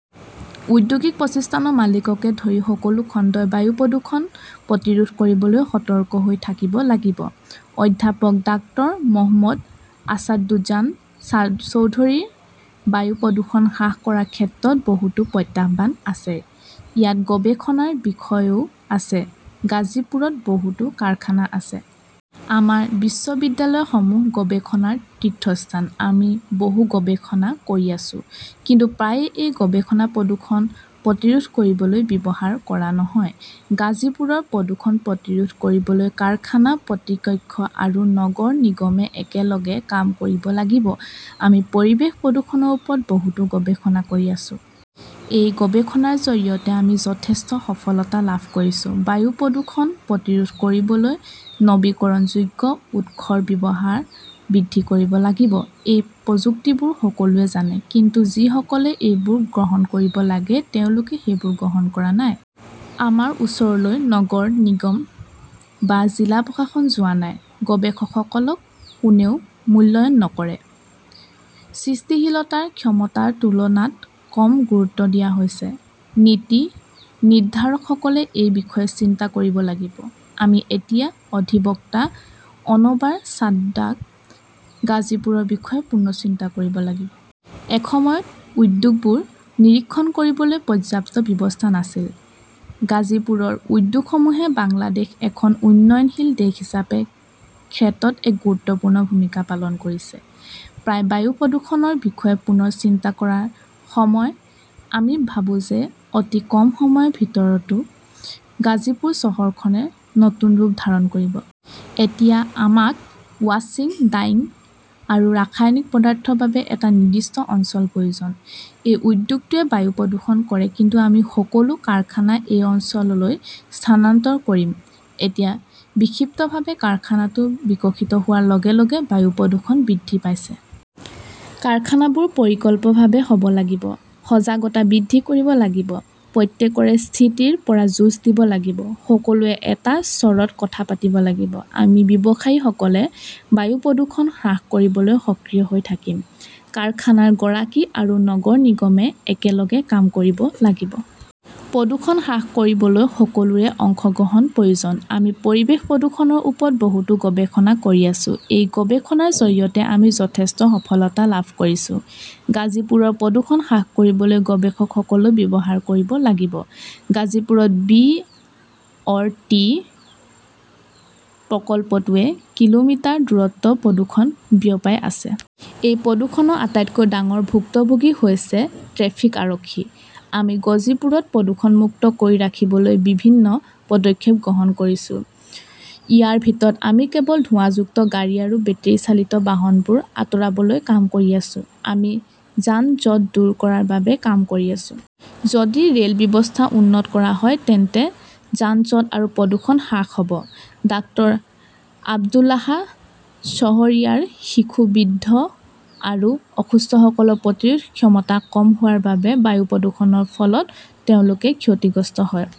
ঔদ্যোগিক প্ৰতিষ্ঠানৰ মালিককে ধৰি সকলো খণ্ডই বায়ু প্ৰদূষণ প্ৰতিৰোধ কৰিবলৈ সতৰ্ক হৈ থাকিব লাগিব। অধ্যাপক ডাক্টৰ মহম্মদ আছাদুজান চৌধুৰীৰ বায়ু প্ৰদূষণ হ্ৰাস কৰাৰ ক্ষেত্ৰত বহুতো প্ৰত্যাহ্বান আছে। ইয়াত গৱেষণাৰ বিষয়ও আছে। গাজীপুৰত বহুতো কাৰখানা আছে। আমাৰ বিশ্ববিদ্যালয়সমূহ গৱেষণাৰ তীৰ্থস্থান। আমি বহু গৱেষণা কৰি আছো। কিন্তু প্ৰায়ে এই গৱেষণা প্ৰদূষণ প্ৰতিৰোধ কৰিবলৈ ব্যৱহাৰ কৰা নহয়। গাজীপুৰৰ প্ৰদূষণ প্ৰতিৰোধ কৰিবলৈ কাৰখানা পৰ্তৃপক্ষ আৰু নগৰ নিগমে একেলগে কাম কৰিব লাগিব। আমি পৰিৱেশ প্ৰদূষণৰ ওপৰত বহুতো গৱেষণা কৰি আছো। এই গৱেষণাৰ জৰিয়তে আমি যথেষ্ট সফলতা লাভ কৰিছো। বায়ু প্ৰদূষণ প্ৰতিৰোধ কৰিবলৈ নৱীকৰণযোগ্য উৎসৰ ব্যৱহাৰ বৃদ্ধি কৰিব লাগিব। এই প্ৰযুক্তিবোৰ সকলোৱে জানে, কিন্তু যিসকলে সেইবোৰ গ্ৰহণ কৰিব লাগে তেওঁলোকে সেইবোৰ গ্ৰহণ কৰা নাই। আমাৰ ওচৰলৈ নগৰ নিগম বা জিলা প্ৰশাসন যোৱা নাই। গৱেষকসকলক কোনেও মূল্যায়ন নকৰে। সৃষ্টিশীলতাক ক্ষমতাৰ তুলনাত কম গুৰুত্ব দিয়া হৈছে। নীতি নিৰ্ধাৰকসকলে এই বিষয়ে চিন্তা কৰিব লাগিব। আমি এতিয়া অধিবক্তা অনৱাৰ ছাদাত গাজীপুৰৰ বিষয়ে পুনৰ চিন্তা কৰিব লাগিব। এসময়ত উদ্যোগবোৰ নিৰীক্ষণ কৰিবলৈ পৰ্যাপ্ত ব্যৱস্থা নাছিল। গাজীপুৰৰ উদ্যোগসমূহে বাংলাদেশ এখন উন্নয়নশীল দেশ হিচাপে ক্ষেতত এক গুৰুত্বপূৰ্ণ ভূমিকা পালন কৰিছে। প্ৰায় বায়ু প্ৰদূষণৰ বিষয়ে পুনৰ চিন্তা কৰাৰ সময়। আমি ভাবো যে অতি কম সময়ৰ ভিতৰতো গাজীপুৰ চহৰখনে নতুন ৰূপ ধাৰণ কৰিব। এতিয়া আমাক ৱাশ্বিং, ডাইং আৰু ৰাসায়নিক পদাৰ্থৰ বাবে এটা নিৰ্দিষ্ট অঞ্চল প্ৰয়োজন। এই উদ্যোগটোৱে বায়ু প্ৰদূষণ কৰে তেন্তে আমি সকলো কাৰখানা সেই অঞ্চললৈ স্থানান্তৰ কৰিম। এতিয়া বিক্ষিপ্তভাৱে কাৰখানাটো বিকশিত হোৱাৰ লগে লগে বায়ু প্ৰদূষণ বৃদ্ধি পাইছে। কাৰখানাবোৰ পৰিকল্পভাৱে হ’ব লাগিব। সজাগতা বৃদ্ধি কৰিব লাগিব। প্ৰত্যেকৰে স্থিতিৰ পৰা যুঁজ দিব লাগিব। সকলোৱে এটা স্বৰত কথা পাতিব লাগিব। আমি ব্যৱসায়ীসকলে বায়ু প্ৰদূষণ হ্ৰাস কৰিবলৈ সক্ৰিয় হৈ থাকিম। কাৰখানাৰ গৰাকী আৰু নগৰ নিগমে একেলগে কাম কৰিব লাগিব। প্ৰদূষণ হ্ৰাস কৰিবলৈ সকলোৰে অংশগ্ৰহণৰ প্ৰয়োজন। আমি পৰিৱেশ প্ৰদূষণৰ ওপৰত বহুতো গৱেষণা কৰি আছো। এই গৱেষণাৰ জৰিয়তে আমি যথেষ্ট সফলতা লাভ কৰিছো। গাজীপুৰৰ প্ৰদূষণ হ্ৰাস কৰিবলৈ গৱেষকসকলেও ব্যৱহাৰ কৰিব লাগিব। গাজীপুৰত বি অৰ টি প্ৰকল্পটোৱে কিলোমিটাৰ দূৰত্বত প্ৰদূষণ বিয়পাই আছে। এই প্ৰদূষণৰ আটাইতকৈ ডাঙৰ ভুক্তভোগী হৈছে ট্ৰেফিক আৰক্ষী। আমি গজীপুৰক প্ৰদূষণমুক্ত কৰি ৰাখিবলৈ বিভিন্ন পদক্ষেপ গ্ৰহণ কৰিছো। ইয়াৰ ভিতৰত আমি কেবল ধোঁৱাযুক্ত গাড়ী আৰু বেটাৰি চালিত বাহনবোৰ আঁতৰাবলৈ কাম কৰি আছো। আমি যান-জঁট দূৰ কৰাৰ বাবে কাম কৰি আছো। যদি ৰেল ব্যৱস্থা উন্নত কৰা হয় তেন্তে যান-জঁট আৰু প্ৰদূষণ হ্ৰাস হ’ব। ডাক্টৰ আব্দুল্লাহ শ্বহৰিয়াৰ শিশু, বৃদ্ধ আৰু অসুস্থসকলৰ প্ৰতিৰোধ ক্ষমতা কম হোৱাৰ বাবে বায়ু প্ৰদূষণৰ ফলত তেওঁলোক ক্ষেতিগ্ৰস্ত হয়।